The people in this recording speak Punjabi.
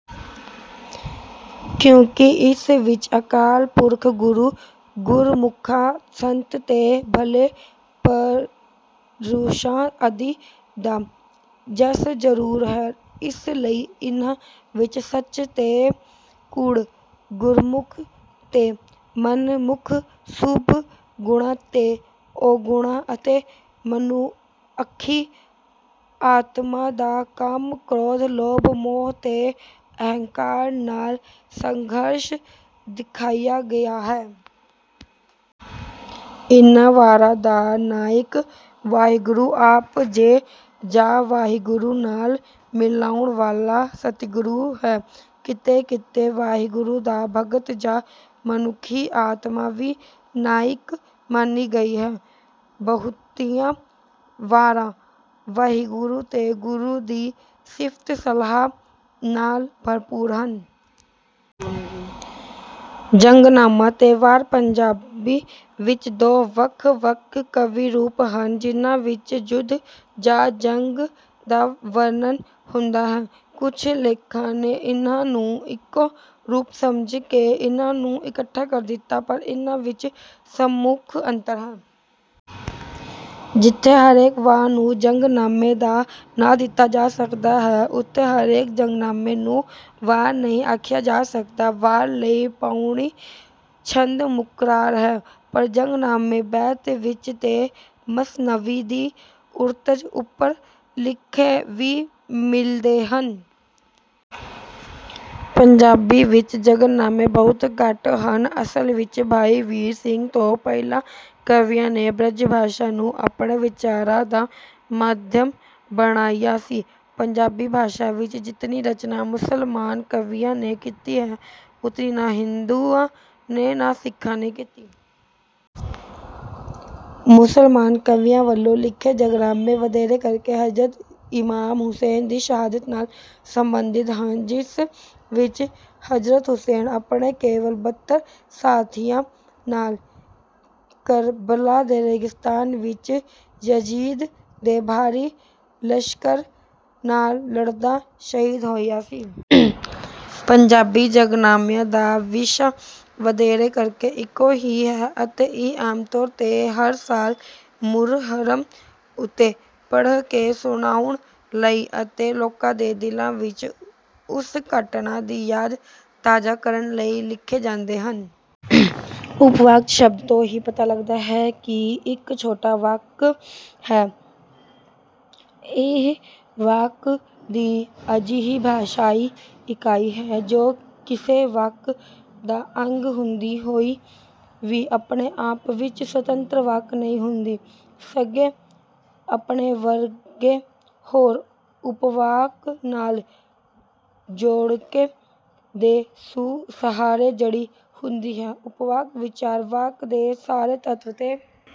ਕਿਉਂਕਿ ਇਸ ਵਿੱਚ ਅਕਾਲ ਪੁਰਖ, ਗੁਰੂ, ਗੁਰਮੁਖਾਂ, ਸੰਤਾਂ ਤੇ ਭਲੇ ਪੁਰਸ਼ਾਂ ਆਦਿ ਦਾ ਜਸ ਜ਼ਰੂਰ ਹੈ, ਇਸ ਲਈ ਇਨ੍ਹਾਂ ਵਿੱਚ ਸੱਚ ਤੇ ਕੂੜ, ਗੁਰਮੁਖ ਤੇ ਮਨਮੁਖ, ਸ਼ੁਭ ਗੁਣਾਂ ਤੇ ਔਗੁਣਾਂ ਅਤੇ ਮਨੁੱਖੀ ਆਤਮਾ ਦਾ ਕਾਮ, ਕ੍ਰੋਧ, ਲੋਭ, ਮੋਹ ਤੇ ਹੰਕਾਰ ਨਾਲ ਸੰਘਰਸ਼ ਵਿਖਾਇਆ ਗਿਆ ਹੈ। ਇਨ੍ਹਾਂ ਵਾਰਾਂ ਦਾ ਨਾਇਕ ਵਾਹਿਗੁਰੂ ਆਪ ਹੈ ਜਾਂ ਵਾਹਿਗੁਰੂ ਨਾਲ ਮਿਲਾਉਣ ਵਾਲਾ ਸਤਿਗੁਰੂ ਹੈ, ਕਿਤੇ-ਕਿਤੇ ਵਾਹਿਗੁਰੂ ਦਾ ਭਰਾਤ ਜਾਂ ਮਨੁੱਖੀ ਆਤਮਾ ਵੀ ਨਾਇਕ ਮੰਨੀ ਗਈ ਹੈ। ਬਹੁਤੀਆਂ ਵਾਰਾਂ ਵਾਹਿਗੁਰੂ ਤੇ ਗੁਰੂ ਦੀ ਸਿਫ਼ਤ-ਸਲਾਹ ਨਾਲ ਭਰਪੂਰ ਹਨ। ਜੰਗਨਾਮਾ ਤੇ ਵਾਰ ਪੰਜਾਬੀ ਵਿੱਚ ਦੋ ਵੱਖ-ਵੱਖ ਕਾਵਿ-ਰੂਪ ਹਨ, ਜਿਹਨਾਂ ਵਿੱਚ ਯੁੱਧ ਜਾਂ ਜੰਗ ਦਾ ਵਰਣਨ ਹੁੰਦਾ ਹੈ। ਕੁਝ ਲੇਖਕਾਂ ਨੇ ਇਨ੍ਹਾਂ ਨੂੰ ਇੱਕੋ ਰੂਪ ਸਮਝ ਕੇ ਇਨ੍ਹਾਂ ਨੂੰ ਇਕੱਠਾ ਕਰ ਦਿੱਤਾ ਹੈ, ਪਰ ਇਨ੍ਹਾਂ ਵਿੱਚ ਸੂਖਮ ਅੰਤਰ ਹੈ। ਜਿੱਥੇ ਹਰੇਕ ਵਾਰ ਨੂੰ ਜੰਗਨਾਮੇ ਦਾ ਨਾਂ ਦਿੱਤਾ ਜਾ ਸਕਦਾ ਹੈ, ਉੱਥੇ ਹਰੇਕ ਜੰਗਨਾਮੇ ਨੂੰ ਵਾਰ ਨਹੀਂ ਆਖਿਆ ਜਾ ਸਕਦਾ। ਵਾਰ ਲਈ ਪਉੜੀ ਛੰਦ ਮੁਕੱਰ ਹੈ, ਪਰ ਜੰਗਨਾਮੇ ਬੈਂਤ ਵਿੱਚ ਤੇ ਮਸਨਵੀ ਦੀ ਤਰਜ਼ ਉੱਪਰ ਲਿਖੇ ਵੀ ਮਿਲਦੇ ਹਨ। ਪੰਜਾਬੀ ਵਿੱਚ ਜੰਗਨਾਮੇ ਬਹੁਤ ਘੱਟ ਹਨ। ਅਸਲ ਵਿੱਚ ਭਾਈ ਵੀਰ ਸਿੰਘ ਤੋਂ ਪਹਿਲਾਂ ਕਵੀਆਂ ਨੇ ਬ੍ਰਜ-ਭਾਸ਼ਾ ਨੂੰ ਆਪਣੇ ਵਿਚਾਰਾਂ ਦਾ ਮਾਧਿਅਮ ਬਣਾਇਆ ਸੀ। ਪੰਜਾਬੀ ਭਾਸ਼ਾ ਵਿੱਚ ਜਿਤਨੀ ਰਚਨਾ ਮੁਸਲਮਾਨ ਕਵੀਆਂ ਨੇ ਕੀਤੀ ਹੈ, ਉਤਨੀ ਨਾ ਹਿੰਦੂਆਂ ਨੇ ਨਾ ਸਿੱਖਾਂ ਨੇ ਕੀਤੀ ਹੈ। ਮੁਸਲਮਾਨ ਕਵੀਆਂ ਵੱਲੋਂ ਲਿਖੇ ਜੰਗਨਾਮੇ ਵਧੇਰੇ ਕਰਕੇ ਹਜ਼ਰਤ ਇਮਾਮ ਹੁਸੈਨ ਦੀ ਸ਼ਹਾਦਤ ਨਾਲ ਸੰਬੰਧਿਤ ਹਨ, ਜਿਸ ਵਿੱਚ ਹਜ਼ਰਤ ਹੁਸੈਨ ਆਪਣੇ ਕੇਵਲ ਬੱਤਰ ਸਾਥੀਆਂ ਨਾਲ ਕਰਬਲਾ ਦੇ ਰੇਗਿਸਤਾਨ ਵਿੱਚ ਯਜ਼ੀਦ ਦੇ ਭਾਰੀ ਲਸ਼ਕਰ ਨਾਲ ਲੜਦਾ ਸ਼ਹੀਦ ਹੋਇਆ ਸੀ। ਪੰਜਾਬੀ ਜੰਗਨਾਮਿਆਂ ਦਾ ਵਿਸ਼ਾ ਵਧੇਰੇ ਕਰਕੇ ਇੱਕੋ ਹੈ ਅਤੇ ਇਹ ਆਮ ਤੌਰ 'ਤੇ ਹਰ ਸਾਲ ਮੁਹੱਰਮ ਉੱਤੇ ਪੜ੍ਹ ਕੇ ਸੁਣਾਉਣ ਲਈ ਅਤੇ ਲੋਕਾਂ ਦੇ ਦਿਲਾਂ ਵਿੱਚ ਉਸ ਘਟਨਾ ਦੀ ਯਾਦ ਤਾਜ਼ਾ ਕਰਨ ਲਈ ਲਿਖੇ ਜਾਂਦੇ ਹਨ। ਉਪਵਾਕ ਸ਼ਬਦ ਤੋਂ ਹੀ ਪਤਾ ਲੱਗਦਾ ਹੈ ਕਿ ਇਹ ਇੱਕ ਛੋਟਾ ਵਾਕ ਹੁੰਦਾ ਹੈ। ਇਹ ਵਾਕ ਦੀ ਅਜਿਹੀ ਭਾਸ਼ਾਈ ਇਕਾਈ ਹੈ, ਜੋ ਕਿਸੇ ਵਾਕ ਦਾ ਅੰਗ ਹੁੰਦੀ ਹੋਈ ਵੀ ਆਪਣੇ ਆਪ ਵਿੱਚ ਸੁਤੰਤਰ ਵਾਕ ਨਹੀਂ ਹੁੰਦੀ, ਸਗੋਂ ਆਪਣੇ ਵਰਗੇ ਹੋਰ ਉਪਵਾਕ ਨਾਲ ਯੋਜਕ ਦੇ ਸਹਾਰੇ ਜੁੜੀ ਹੁੰਦੀ ਹੈ। ਉਪਵਾਕ ਵਿੱਚ ਵਾਕ ਦੇ ਸਾਰੇ ਤੱਥ 'ਤੇ